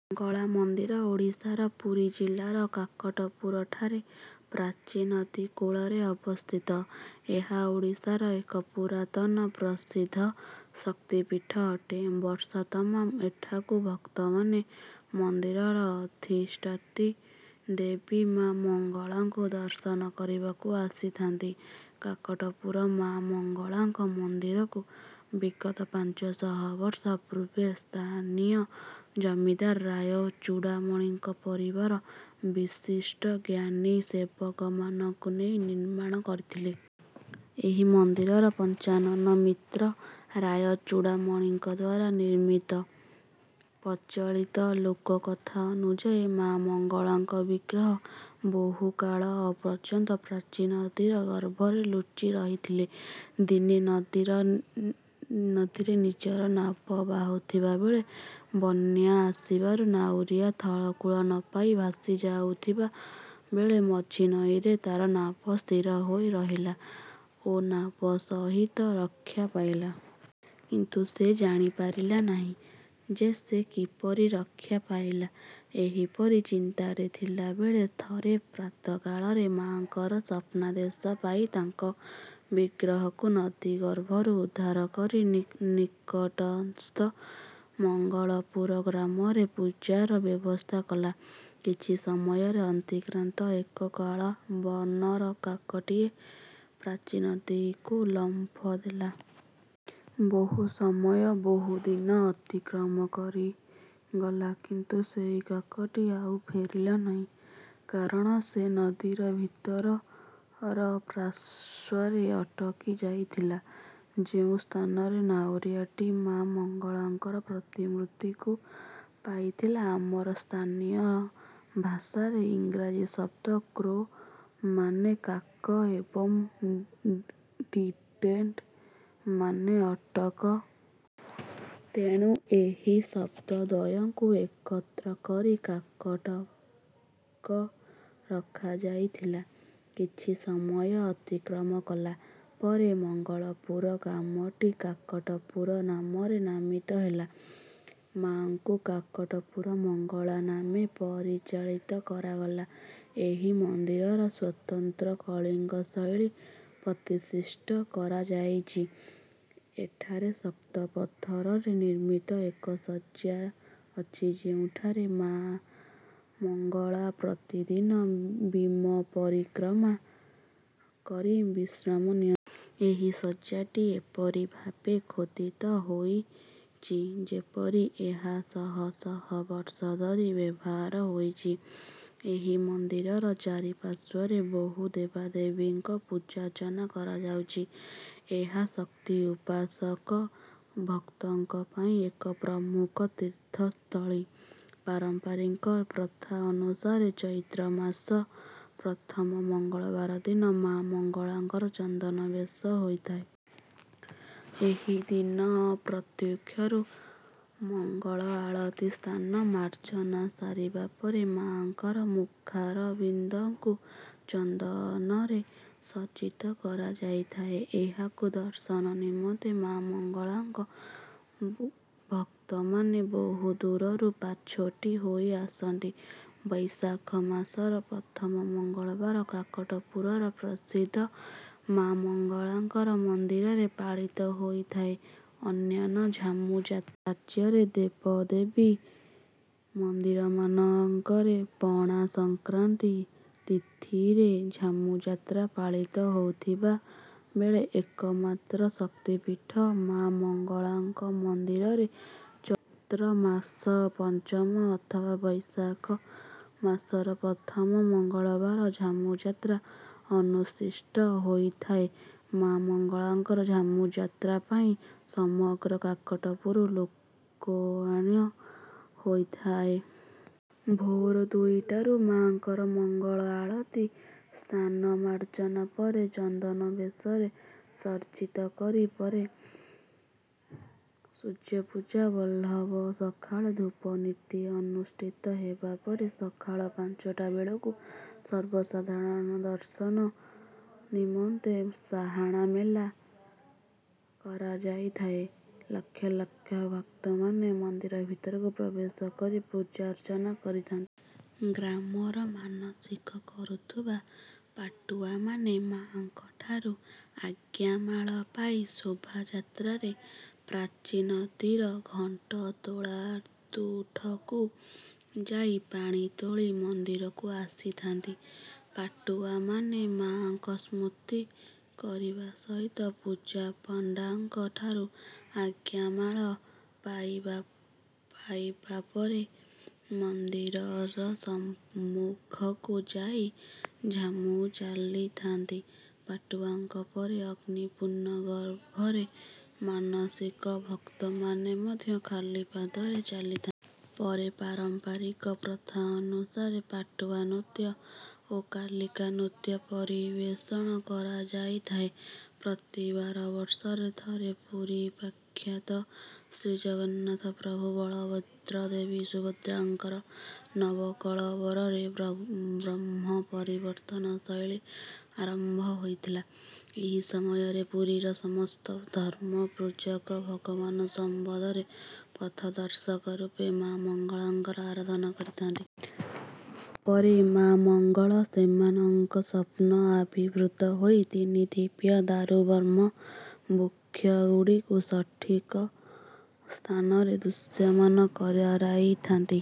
ମଙ୍ଗଳା ମନ୍ଦିର ଓଡ଼ିଶାର ପୁରୀ ଜିଲ୍ଲାର କାକଟପୁରଠାରେ ପ୍ରାଚୀ ନଦୀ କୂଳରେ ଅବସ୍ଥିତ। ଏହା ଓଡ଼ିଶାର ଏକ ପୁରାତନ ଓ ପ୍ରସିଦ୍ଧ ଶକ୍ତିପୀଠ ଅଟେ। ବର୍ଷ ତମାମ ଏଠାକୁ ଭକ୍ତମାନେ ମନ୍ଦିରର ଅଧିଷ୍ଠାତ୍ରୀ ଦେବୀ ମା ମଙ୍ଗଳାଙ୍କୁ ଦର୍ଶନ କରିବାକୁ ଆସିଥାନ୍ତି। କାକଟପୁର ମାମଙ୍ଗଳାଙ୍କ ମନ୍ଦିରକୁ ବିଗତ ପାଞ୍ଚଶହ ବର୍ଷ ପୂର୍ବେ ସ୍ଥାନୀୟ ଜମିଦାର ରାୟଚୁଡାମଣିଙ୍କ ପରିବାର ବିଶିଷ୍ଠ ଜ୍ଞାନୀ ସେବକ ମାନଙ୍କୁ ନେଇ ନିର୍ମାଣ କରିଥିଲେ। ଏହି ମନ୍ଦିର ପଞ୍ଚାନନ ମିତ୍ର ରାୟଚୁଡାମଣିଙ୍କଦ୍ୱାରା ରେ ନିର୍ମିତ। ପ୍ରଚଳିତ ଲୋକକଥା ଅନୁଯାୟୀ ମା ମଙ୍ଗଳାଙ୍କ ବିଗ୍ରହ ବହୁକାଳ ପର୍ଯ୍ୟନ୍ତ ପ୍ରାଚୀ ନଦୀର ଗର୍ଭରେ ଲୁଚିରହିଥିଲେ। ଦିନେ ନଦୀରେ ନିଜର ନାବ ବାହୁଥିବା ବେଳେ ବନ୍ୟା ଆସିବାରୁ ନାଉରିଆ ଥଳକୂଳ ନପାଇ ଭାସି ଯାଉଥିବା ବେଳେ ମଝି ନଈରେ ତାର ନାବ ସ୍ଥିରହୋଇ ରହିଲା ଓ ନାବ ସହିତ ରକ୍ଷା ପାଇଲା। କିନ୍ତୁ ସେ ଜାଣିପାରିଲା ନାହିଁ ଯେ ସେ କିପରି ରକ୍ଷା ପାଇଲା ଏହିପରି ଚିନ୍ତାରେ ଥିବାବେଳେ ଥରେ ପ୍ରାତଃକାଳରେ ମାଙ୍କର ସ୍ୱପ୍ନାଦେଶ ପାଇ ତାଙ୍କ ବିଗ୍ରହକୁ ନଦୀ ଗର୍ଭରୁ ଉଦ୍ଧାର କରି ନିକଟସ୍ଥ ମଙ୍ଗଳପୁର ଗ୍ରାମରେ ପୂଜାର ବ୍ୟବସ୍ଥା କଲା। କିଛି ସମୟ ଅତିକ୍ରାନ୍ତେ ଏକ କଳା ବର୍ଣ୍ଣର କାକଟିଏ ପ୍ରାଚୀ ନଦୀକୁ ଲମ୍ଫ ଦେଲା। ବହୁ ସମୟ ବହୁଦିନ ଅତିକ୍ରମ କରିଗଲା କିନ୍ତୁ ସେହି କାକଟି ଆଉ ଫେରିଲା ନାଇଁ କାରଣ ସେ ନଦୀର ଭିତର ପାର୍ଶ୍ୱରେ ଅଟକି ଯାଇଥିଲା ଯେଉଁ ସ୍ଥାନରେ ନାଉରିଆଟି ମାମଙ୍ଗଳାଙ୍କ ପ୍ରତିମୂର୍ତ୍ତିକୁ ପାଇଥିଲା। ଆମର ସ୍ଥାନୀୟ ଭାଷାରେ ଇଂରାଜୀ ଶବ୍ଦ କ୍ରୋ ମାନେ କାକ ଏବଂ ଡିଟେଣ୍ଡ ମାନେ ଅଟକ। ତେଣୁ ଏହି ଶବ୍ଦ ଦ୍ୱୟକୁ ଏକତ୍ର କରି କାକଟକ ରଖାଯାଇଥିଲା। କିଛି ସମୟ ଅତିକ୍ରମ କଲା ପରେ ମଙ୍ଗଳପୁର ଗ୍ରାମଟି କାକଟପୁର ନାମରେ ନାମିତ ହେଲା। ମାଙ୍କୁ କାକଟପୁର ମଙ୍ଗଳା ନାମେ ପରିଚାଳିତ କରାଗଲା। ଏହି ମନ୍ଦିର ସ୍ୱତନ୍ତ୍ର କଳିଙ୍ଗ ଶୈଳୀରେ ପ୍ରତିଷ୍ଠିତ କରାଯାଇଛି। ଏଠାରେ ଶକ୍ତ ପଥରରେ ନିର୍ମିତ ଏକ ଶଯ୍ୟା ଅଛି ଯେଉଁଠାରେ ମାମଙ୍ଗଳା ପ୍ରତିଦିନ ବିମ୍ବ ପରିକ୍ରମା କରି ବିଶ୍ରାମ ନିଅନ୍ତି। ଏହି ଶଯ୍ୟାଟି ଏପରି ଭାବେ ଖୋଦିତ ହୋଇଛି ଯେପରି ଏହା ଶହ ଶହ ବର୍ଷ ଧରି ବ୍ୟବହାର ହୋଇଛି। ଏହି ମନ୍ଦିରର ଚାରି ପାର୍ଶ୍ୱରେ ବହୁ ଦେବାଦେବୀଙ୍କ ପୂଜାର୍ଚ୍ଚନା କରାଯାଉଛି। ଏହା ଶକ୍ତି ଉପାସକ ଭକ୍ତଙ୍କ ପାଇଁ ଏକ ପ୍ରମୁଖ ତୀର୍ଥସ୍ଥଳୀ। ପାରମ୍ପରିକ ପ୍ରଥା ଅନୁସାରେ ଚୈତ୍ର ମାସ ପ୍ରଥମ ମଙ୍ଗଳବାର ଦିନ ମା ମଙ୍ଗଳାଙ୍କ ଚନ୍ଦନ ବେଶ ହୋଇଥାଏ। ଏହିଦିନ ପ୍ରତ୍ୟୁଷରୁ ମଙ୍ଗଳ ଆଳତି ସ୍ନାନ ମାର୍ଜନା ସରିବା ପରେ ମାଙ୍କ ମୁଖାରବିନ୍ଦକୁ ଚନ୍ଦନରେ ସଜ୍ଜିତ କରାଯାଇଥାଏ। ଏହାକୁ ଦର୍ଶନ ନିମନ୍ତେ ମାମଙ୍ଗଳାଙ୍କ ଭକ୍ତମାନେ ବହୁ ଦୂରରୁ ପାଛୋଟି ହୋଇ ଆସନ୍ତି। ବୈଶାଖ ମାସର ପ୍ରଥମ ମଙ୍ଗଳବାର କାକଟପୁରର ପ୍ରସିଦ୍ଧ ମା ମଙ୍ଗଳାଙ୍କର ମନ୍ଦିରରେ ପାଳିତ ହୋଇଥାଏ ଅନନ୍ୟ ଝାମୁଯାତ୍ରା। ରାଜ୍ୟର ଦେବଦେବୀ ମନ୍ଦିରମାନଙ୍କରେ ପଣା ସଂକ୍ରାନ୍ତି ତିଥିରେ ଝାମୁଯାତ୍ରା ପାଳିତ ହେଉଥିବା ବେଳେ ଏକମାତ୍ର ଶକ୍ତିପୀଠ ମା ମଙ୍ଗଳାଙ୍କ ମନ୍ଦିରରେ ଚୈତ୍ର ମାସର ପଞ୍ଚମ ଅଥବା ବୈଶାଖ ମାସର ପ୍ରଥମ ମଙ୍ଗଳବାରରେ ଝାମୁଯାତ୍ରା ଅନୁଷ୍ଠିତ ହୋଇଥାଏ। ମା ମଙ୍ଗଳାଙ୍କ ଝାମୁଯାତ୍ରା ପାଇଁ ସମଗ୍ର କାକଟପୁର ଲୋକାରଣ୍ୟ ହୋଇଥଏ। ଭୋର ଦୁଇଟାରୁ ମାଙ୍କର ମଙ୍ଗଳ ଆଳତି ସ୍ନାନ ମାର୍ଜନା ପରେ ଚନ୍ଦନବେଶରେ ସଜ୍ଜିତକରି ପରେ ସୂର୍ଯ୍ୟପୂଜା ବଲ୍ଲଭ ସକାଳ ଧୂପନୀତି ଅନୁଷ୍ଠିତ ହେବାପରେ ସକାଳ ପାଞ୍ଚଟା ବେଳକୁ ସର୍ବସାଧାରଣ ଦର୍ଶନ ନିମନ୍ତେ ସାହାଣମେଲା କରାଯାଇଥାଏ। ଲକ୍ଷ ଲକ୍ଷ ଭକ୍ତମାନେ ମନ୍ଦିର ଭିତରକୁ ପ୍ରବେଶକରି ପୂଜାର୍ଚ୍ଚନା କରିଥାନ୍ତି। ଗ୍ରାମର ମାନସିକ କରିଥିବା ପାଟୁଆମାନେ ମାଙ୍କ ଠାରୁ ଆଜ୍ଞାମାଳ ପାଇ ଶୋଭାଯାତ୍ରାରେ ପ୍ରାଚୀ ନଦୀର ଘଣ୍ଟତୋଳାତୁଠକୁ ଯାଇ ପାଣି ତୋଳି ମନ୍ଦିରକୁ ଆସିଥାନ୍ତି। ପାଟୁଆମାନେ ମାଙ୍କ ସ୍ତୁତି କରିବା ସହିତ ପୂଜାପଣ୍ଡାଙ୍କଠାରୁ ଆଜ୍ଞାମାଳ ପାଇବାପରେ ମନ୍ଦିର ସମ୍ମୁଖକୁ ଯାଇ ଝାମୁ ଚାଲିଥାନ୍ତି। ପାଟୁଆଙ୍କ ପରେ ଅଗ୍ନିପୁର୍ଣ୍ଣ ଗର୍ତ୍ତରେ ମାନସିକ ଭକ୍ତମାନେ ମଧ୍ୟ ଖାଲିପାଦରେ ଚାଲିଥାନ୍ତି। ପରେ ପାରମ୍ପରିକ ପ୍ରଥା ଅନୁସାରେ ପାଟୁଆ ନୃତ୍ୟ ଓ କାଲିକା ନୃତ୍ୟ ପରିବେଷଣ କରାଯାଇଥାଏ। ପ୍ରତି ବାରବର୍ଷରେ ଥରେ ପୁରୀ ପ୍ରଖ୍ୟାତ ଶ୍ରୀଜଗନ୍ନାଥ ପ୍ରଭୁ ବଳଭଦ୍ର ଦେବୀ ସୁଭଦ୍ରା ଙ୍କର ନବକଳେବରରେ ବ୍ରହ୍ମ ପରିବର୍ତ୍ତନ ଶୈଳୀ ଆରମ୍ଭ ହୋଇଥାଏ। ଏହି ସମୟରେ ପୁରୀର ସମସ୍ତ ଧର୍ମ ପୂଜକ ଭଗବାନଙ୍କ ସମ୍ବନ୍ଧରେ ପଥପ୍ରଦର୍ଶକ ରୂପେ ମାମଙ୍ଗଳାଙ୍କ ଆରାଧନା କରିଥାନ୍ତି। ପରେ ମାମଙ୍ଗଳ ସେମାନଙ୍କ ସ୍ୱପ୍ନରେ ଆବିର୍ଭୁତ ହୋଇ ତିନି ଦିବ୍ୟ ଦାରୁବ୍ରହ୍ମ ବୃକ୍ଷ ଗୁଡ଼ିକୁ ସଠିକ ସ୍ଥାନରେ ଦୃଶ୍ୟମାନ କରାଇଥାନ୍ତି।